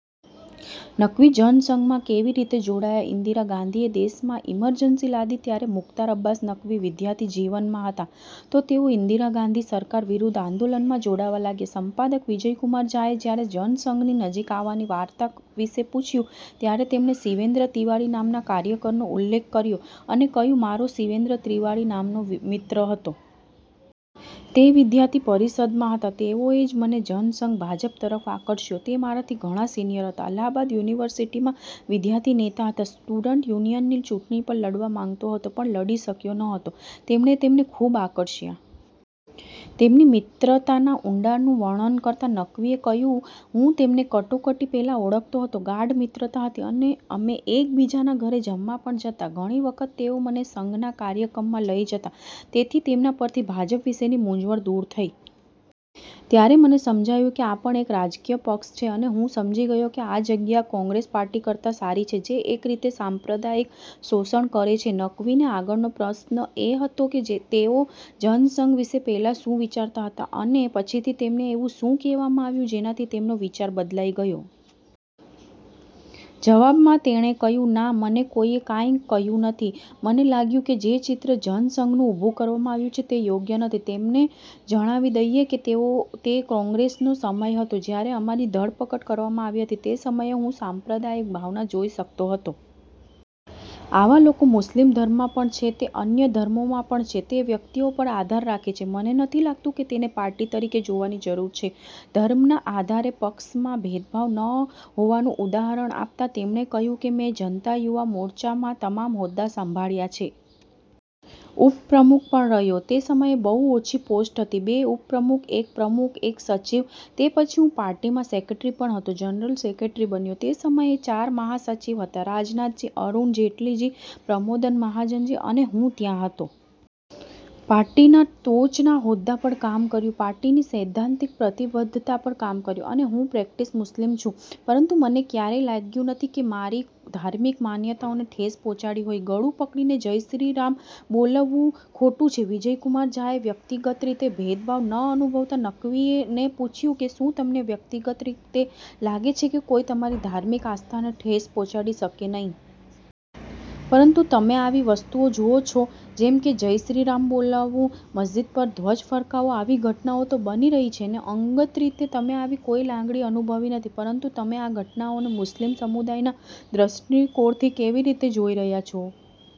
નકવી જનસંઘમાં કેવી રીતે જોડાયા? ઈન્દિરા ગાંધીએ દેશમાં ઈમરજન્સી લાદી ત્યારે મુખ્તાર અબ્બાસ નકવી વિદ્યાર્થી જીવનમાં હતા. તો, તેઓ ઇન્દિરા ગાંધી સરકાર વિરુદ્ધ આંદોલનમાં જોડાવા લાગ્યા. સંપાદક વિજય કુમાર ઝાએ જ્યારે જનસંઘની નજીક આવવાની વાર્તા વિશે પૂછ્યું, ત્યારે તેમણે શિવેન્દ્ર તિવારી નામના કાર્યકરનો ઉલ્લેખ કર્યો અને કહ્યું, "મારો શિવેન્દ્ર તિવારી નામનો મિત્ર હતો. તે વિદ્યાર્થી પરિષદમાં હતા. તેઓએ જ મને જનસંઘ/ભાજપ તરફ આકર્ષ્યો. તે મારાથી ઘણા સિનિયર હતા. અલ્હાબાદ યુનિવર્સિટીમાં વિદ્યાર્થી નેતા હતા. સ્ટુડન્ટ યુનિયનની ચૂંટણી પણ લડવા માંગતો હતો, પણ લડી શક્યો નહોતો. તેમણે તેમને ખૂબ આકર્ષ્યા. તેમની મિત્રતાના ઊંડાણનું વર્ણન કરતાં, નકવીએ કહ્યું, "હું તેમને કટોકટી પહેલા ઓળખતો હતો. ગાઢ મિત્રતા હતી. અમે એકબીજાના ઘરે જમવા પણ જતા. ઘણી વખત તેઓ મને સંઘના કાર્યક્રમમાં લઈ જતા. તેથી તેમના પરથી ભાજપ વિશેની મૂંઝવણ દૂર થઈ. ત્યારે મને સમજાયું કે, આ પણ એક રાજકીય પક્ષ છે અને હું સમજી ગયો કે, આ જગ્યા કોંગ્રેસ પાર્ટી કરતા સારી છે, જે એક રીતે સાંપ્રદાયિક શોષણ કરે છે. નકવીને આગળનો પ્રશ્ન એ હતો કે, તેઓ જનસંઘ વિશે પહેલા શું વિચારતા હતા અને પછીથી તેમને એવું શું કહેવામાં આવ્યું, જેનાથી તેમનો વિચાર બદલાઈ ગયો? જવાબમાં, તેણે કહ્યું, "ના! મને કોઈએ કાઈ કહ્યું નથી. મને લાગ્યું કે જે ચિત્ર જનસંઘનું ઉભુ કરવામાં આવ્યું છે તે યોગ્ય નથી. તમને જણાવી દઈએ કે, તે કોંગ્રેસનો સમય હતો, જ્યારે અમારી ધરપકડ કરવામાં આવી હતી, તે સમયે હું સાંપ્રદાયિક ભાવના જોઈ શકતો હતો. આવા લોકો મુસ્લિમ ધર્મમાં પણ છે. તે અન્ય ધર્મોમાં પણ છે. તે વ્યક્તિઓ પર આધાર રાખે છે. મને નથી લાગતું કે, તેને પાર્ટી તરીકે જોવાની જરૂર છે. " ધર્મના આધારે પક્ષમાં ભેદભાવ ન હોવાનું ઉદાહરણ આપતાં તેમણે કહ્યું કે, "મેં જનતા યુવા મોરચામાં તમામ હોદ્દા સંભાળ્યા છે. ઉપપ્રમુખ પણ રહ્યો. તે સમયે બહુ ઓછી પોસ્ટ હતી. બે ઉપપ્રમુખ, એક પ્રમુખ, એક સચિવ, તે પછી હું પાર્ટીમાં સેક્રેટરી પણ હતો. જનરલ સેક્રેટરી બન્યો. તે સમયે ચાર મહાસચિવ હતા, રાજનાથ જી, અરુણ જેટલી જી, પ્રમોદ મહાજન જી અને હું ત્યાં હતો. પાર્ટીના ટોચના હોદ્દા પર કામ કર્યું. પાર્ટીની સૈદ્ધાંતિક પ્રતિબદ્ધતા પર કામ કર્યું. અને હું પ્રેક્ટિસ મુસ્લિમ છું. પરંતુ મને ક્યારેય લાગ્યું નથી કે, કોઈ મારી ધાર્મિક માન્યતાઓને ઠેસ પહોંચાડી હોય. " 'ગળું પકડીને જય શ્રી રામ બોલવવું ખોટું છે' વિજય કુમાર ઝાએ વ્યક્તિગત રીતે ભેદભાવ ન અનુભવતા નકવીને પૂછ્યું કે, શું તમને વ્યક્તિગત રીતે લાગે છે કે, કોઈ તમારી ધાર્મિક આસ્થાને ઠેસ પહોંચાડી શકે નહીં. પરંતુ તમે આવી વસ્તુઓ જુઓ છો, જેમ કે- જય શ્રી રામ બોલાવવું, મસ્જિદ પર ધ્વજ ફરકાવવો, આવી ઘટનાઓ તો બની રહી છે ને? અંગત રીતે, તમે આવી કોઈ લાગણી અનુભવી નથી. પરંતુ તમે આ ઘટનાઓને મુસ્લિમ સમુદાયના દૃષ્ટિકોણથી કેવી રીતે જોઈ રહ્યા છો?